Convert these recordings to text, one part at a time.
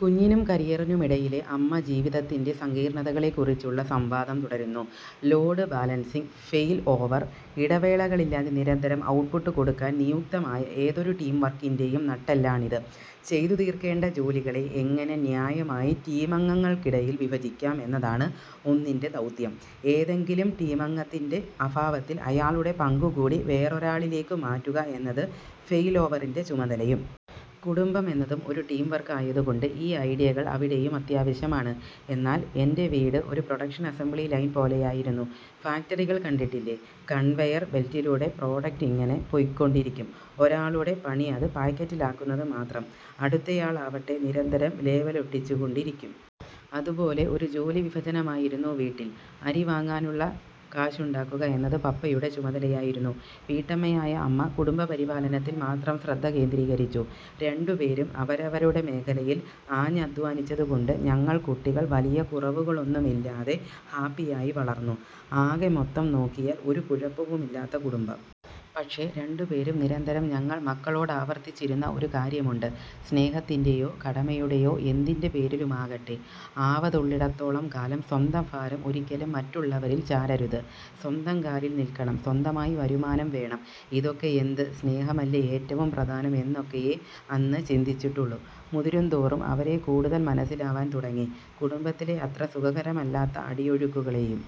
കുഞ്ഞിനും കരിയറിനുമിടയിലെ അമ്മ ജീവിതത്തിൻ്റെ സങ്കീർണ്ണതകളെക്കുറിച്ചുള്ള സംവാദം തുടരുന്നു. Load balancing, failover. ഇടവേളകളില്ലാതെ നിരന്തരം ഔട്ട്പുട്ട് കൊടുക്കാൻ നിയുക്തമായ ഏതൊരു ടീം വർക്കിൻ്റെയും നട്ടെല്ലാണിത്. ചെയ്തു തീർക്കേണ്ട ജോലികളെ എങ്ങനെ ന്യായമായി ടീമംഗങ്ങൾക്കിടയിൽ വിഭജിക്കാം എന്നതാണ് ഒന്നിൻ്റെ ദൗത്യം. ഏതെങ്കിലും ടീമംഗത്തിൻ്റെ അഭാവത്തിൽ അയാളുടെ പങ്കു കൂടി വേറൊരാളിലേക്ക് മാറ്റുക എന്നത് ഫെയിൽ ഓവറിൻ്റെ ചുമതലയും. കുടുംബം എന്നതും ഒരു ടീം വർക്ക് ആയതുകൊണ്ട് ഈ ഐഡിയകൾ അവിടെയും അത്യാവശ്യമാണ്. എന്നാൽ എൻ്റെ വീട് ഒരു പ്രൊഡക്ഷൻ അസംബ്ലി ലൈൻ പോലെയായിരുന്നു. ഫാക്ടറികൾ കണ്ടിട്ടില്ലേ, കൺവെയർ ബെൽറ്റിലൂടെ പ്രൊഡക്റ്റ് ഇങ്ങനെ പോയ്ക്കൊണ്ടിരിക്കും. ഒരാളുടെ പണി അത് പാക്കറ്റിലാക്കുന്നത് മാത്രം. അടുത്തയാളാവട്ടെ നിരന്തരം ലേബലൊട്ടിച്ചുകൊണ്ടിരിക്കും. അതുപോലെ ഒരു ജോലി വിഭജനമായിരുന്നു വീട്ടിൽ. അരി വാങ്ങാനുള്ള കാശുണ്ടാക്കുക എന്നത് പപ്പയുടെ ചുമതലയായിരുന്നു. വീട്ടമ്മയായ അമ്മ കുടുംബപരിപാലനത്തിൽ മാത്രം ശ്രദ്ധ കേന്ദ്രീകരിച്ചു. രണ്ടുപേരും അവരവരുടെ മേഖലയിൽ ആഞ്ഞദ്ധ്വാനിച്ചതുകൊണ്ട് ഞങ്ങൾ കുട്ടികൾ വലിയ കുറവുകളൊന്നുമില്ലാതെ ഹാപ്പിയായി വളർന്നു. ആകെ മൊത്തം നോക്കിയാൽ ഒരു കുഴപ്പവുമില്ലാത്ത കുടുംബം. പക്ഷെ രണ്ടുപേരും നിരന്തരം ഞങ്ങൾ മക്കളോടാവർത്തിച്ചിരുന്ന ഒരു കാര്യമുണ്ട്; സ്നേഹത്തിൻ്റെയോ കടമയുടെയോ എന്തിൻ്റെ പേരിലുമാകട്ടെ, ആവതുള്ളിടത്തോളം കാലം സ്വന്തം ഭാരം ഒരിക്കലും മറ്റുള്ളവരിൽ ചാരരുത്. സ്വന്തം കാലിൽ നിൽക്കണം, സ്വന്തമായി വരുമാനം വേണം. ഇതൊക്കെയെന്ത്, സ്നേഹമല്ലേ ഏറ്റവും പ്രധാനം എന്നൊക്കെയേ അന്ന് ചിന്തിച്ചിട്ടുള്ളൂ. മുതിരുന്തോറും അവരെ കൂടുതൽ മനസ്സിലാവാൻ തുടങ്ങി, കുടുംബത്തിലെ അത്ര സുഖകരമല്ലാത്ത അടിയൊഴുക്കുകളെയും.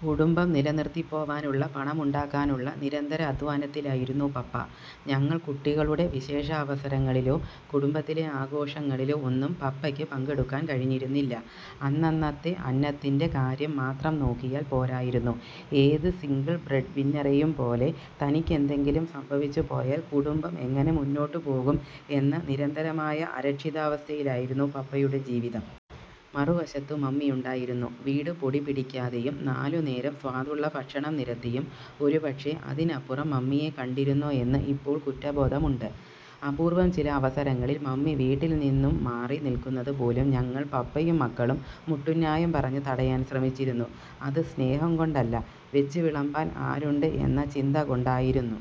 കുടുംബം നിലനിർത്തിപ്പോവാനുള്ള പണമുണ്ടാക്കാനുള്ള നിരന്തര അധ്വാനത്തിലായിരുന്നു പപ്പ. ഞങ്ങൾ കുട്ടികളുടെ വിശേഷാവസരങ്ങളിലോ കുടുംബത്തിലെ ആഘോഷങ്ങളിലോ ഒന്നും പപ്പയ്ക്ക് പങ്കെടുക്കാൻ കഴിഞ്ഞിരുന്നില്ല. അന്നന്നത്തെ അന്നത്തിൻ്റെ കാര്യം മാത്രം നോക്കിയാൽ പോരായിരുന്നു. ഏത് സിംഗിൾ ബ്രെഡ് വിന്നറെയും പോലെ, തനിക്കെന്തെങ്കിലും സംഭവിച്ചു പോയാൽ കുടുംബം എങ്ങനെ മുന്നോട്ടു പോകും എന്ന നിരന്തരമായ അരക്ഷിതാവസ്ഥയിലായിരുന്നു പപ്പയുടെ ജീവിതം. മറുവശത്ത് മമ്മിയുണ്ടായിരുന്നു. വീട് പൊടിപിടിക്കാതെയും നാലുനേരം സ്വാദുള്ള ഭക്ഷണം നിരത്തിയും. ഒരുപക്ഷെ അതിനപ്പുറം മമ്മിയെ കണ്ടിരുന്നോ എന്ന് ഇപ്പോൾ കുറ്റബോധമുണ്ട്. അപൂർവ്വം ചില അവസരങ്ങളിൽ മമ്മി വീട്ടിൽ നിന്നും മാറി നിൽക്കുന്നത് പോലും ഞങ്ങൾ പപ്പയും മക്കളും മുട്ടുന്യായം പറഞ്ഞ് തടയാൻ ശ്രമിച്ചിരുന്നു. അത് സ്നേഹം കൊണ്ടല്ല, വെച്ചുവിളമ്പാൻ ആരുണ്ട് എന്ന ചിന്ത കൊണ്ടായിരുന്നു.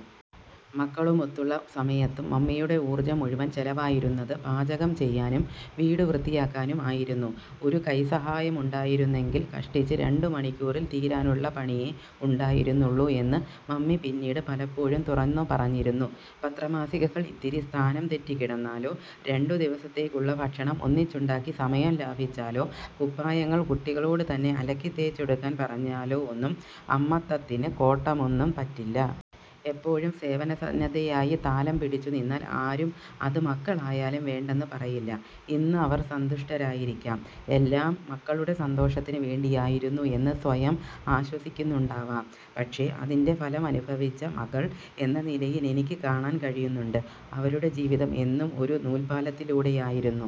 മക്കളുമൊത്തുള്ള സമയത്തും മമ്മിയുടെ ഊർജ്ജം മുഴുവൻ ചെലവായിരുന്നത് പാചകം ചെയ്യാനും വീടു വൃത്തിയാക്കാനും ആയിരുന്നു. ഒരു കൈസഹായമുണ്ടായിരുന്നെങ്കിൽ കഷ്ടിച്ച് രണ്ടു മണിക്കൂറിൽ തീരാനുള്ള പണിയേ ഉണ്ടായിരുന്നുള്ളൂ എന്ന് മമ്മി പിന്നീട് പലപ്പോഴും തുറന്നു പറഞ്ഞിരുന്നു. പത്രമാസികകൾ ഇത്തിരി സ്ഥാനം തെറ്റി കിടന്നാലോ, രണ്ടു ദിവസത്തേക്കുള്ള ഭക്ഷണം ഒന്നിച്ചുണ്ടാക്കി സമയം ലാഭിച്ചാലോ, കുപ്പായങ്ങൾ കുട്ടികളോട് തന്നെ അലക്കി തേച്ചെടുക്കാൻ പറഞ്ഞാലോ ഒന്നും അമ്മത്തത്തിന് കോട്ടമൊന്നും പറ്റില്ല. എപ്പോഴും സേവനസന്നദ്ധയായി താലം പിടിച്ചു നിന്നാൽ ആരും, അത് മക്കളായാലും വേണ്ടെന്ന് പറയില്ല. ഇന്ന് അവർ സന്തുഷ്ടരായിരിക്കാം. എല്ലാം മക്കളുടെ സന്തോഷത്തിന് വേണ്ടിയായിരുന്നു എന്ന് സ്വയം ആശ്വസിക്കുന്നുണ്ടാവാം. പക്ഷെ അതിൻ്റെ ഫലമനുഭവിച്ച മകൾ എന്ന നിലയിൽ എനിക്ക് കാണാൻ കഴിയുന്നുണ്ട്, അവരുടെ ജീവിതം എന്നും ഒരു നൂൽപ്പാലത്തിലൂടെയായിരുന്നു.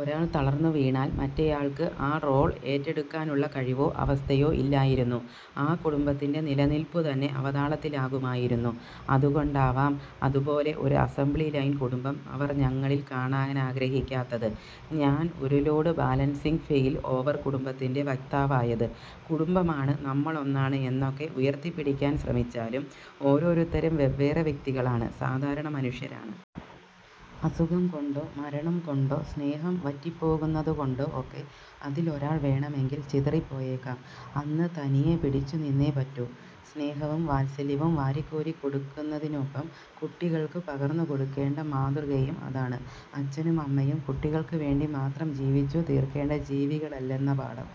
ഒരാൾ തളർന്നു വീണാൽ, മറ്റേയാൾക്ക് ആ റോൾ ഏറ്റെടുക്കാനുള്ള കഴിവോ അവസ്ഥയോ ഇല്ലായിരുന്നു. ആ കുടുംബത്തിൻ്റെ നിലനിൽപു തന്നെ അവതാളത്തിലാകുമായിരുന്നു. അതുകൊണ്ടാവാം, അതുപോലെ ഒരു അസംബ്ലി ലൈൻ കുടുംബം അവർ ഞങ്ങളിൽ കാണാനാഗ്രഹിക്കാത്തത്. ഞാൻ ഒരു ലോഡ് ബാലൻസിംഗ് ഫെയിൽ ഓവർ കുടുംബത്തിൻ്റെ വക്താവായത്. കുടുംബമാണ്, നമ്മളൊന്നാണ് എന്നൊക്കെ ഉയർത്തിപ്പിടിക്കാൻ ശ്രമിച്ചാലും ഓരോരുത്തരും വെവ്വേറെ വ്യക്തികളാണ്, സാധാരണ മനുഷ്യരാണ്. അസുഖം കൊണ്ടോ മരണം കൊണ്ടോ സ്നേഹം വറ്റിപ്പോകുന്നതുകൊണ്ടോ ഒക്കെ അതിൽ ഒരാൾ വേണമെങ്കിൽ ചിതറിപ്പോയേക്കാം. അന്ന് തനിയെ പിടിച്ചു നിന്നേ പറ്റൂ. സ്നേഹവും വാത്സല്യവും വാരിക്കോരി കൊടുക്കുന്നതിനൊപ്പം കുട്ടികൾക്ക് പകർന്നു കൊടുക്കേണ്ട മാതൃകയും അതാണ്. അച്ഛനും അമ്മയും കുട്ടികൾക്ക് വേണ്ടി മാത്രം ജീവിച്ചു തീർക്കേണ്ട ജീവികളല്ലെന്ന പാഠം.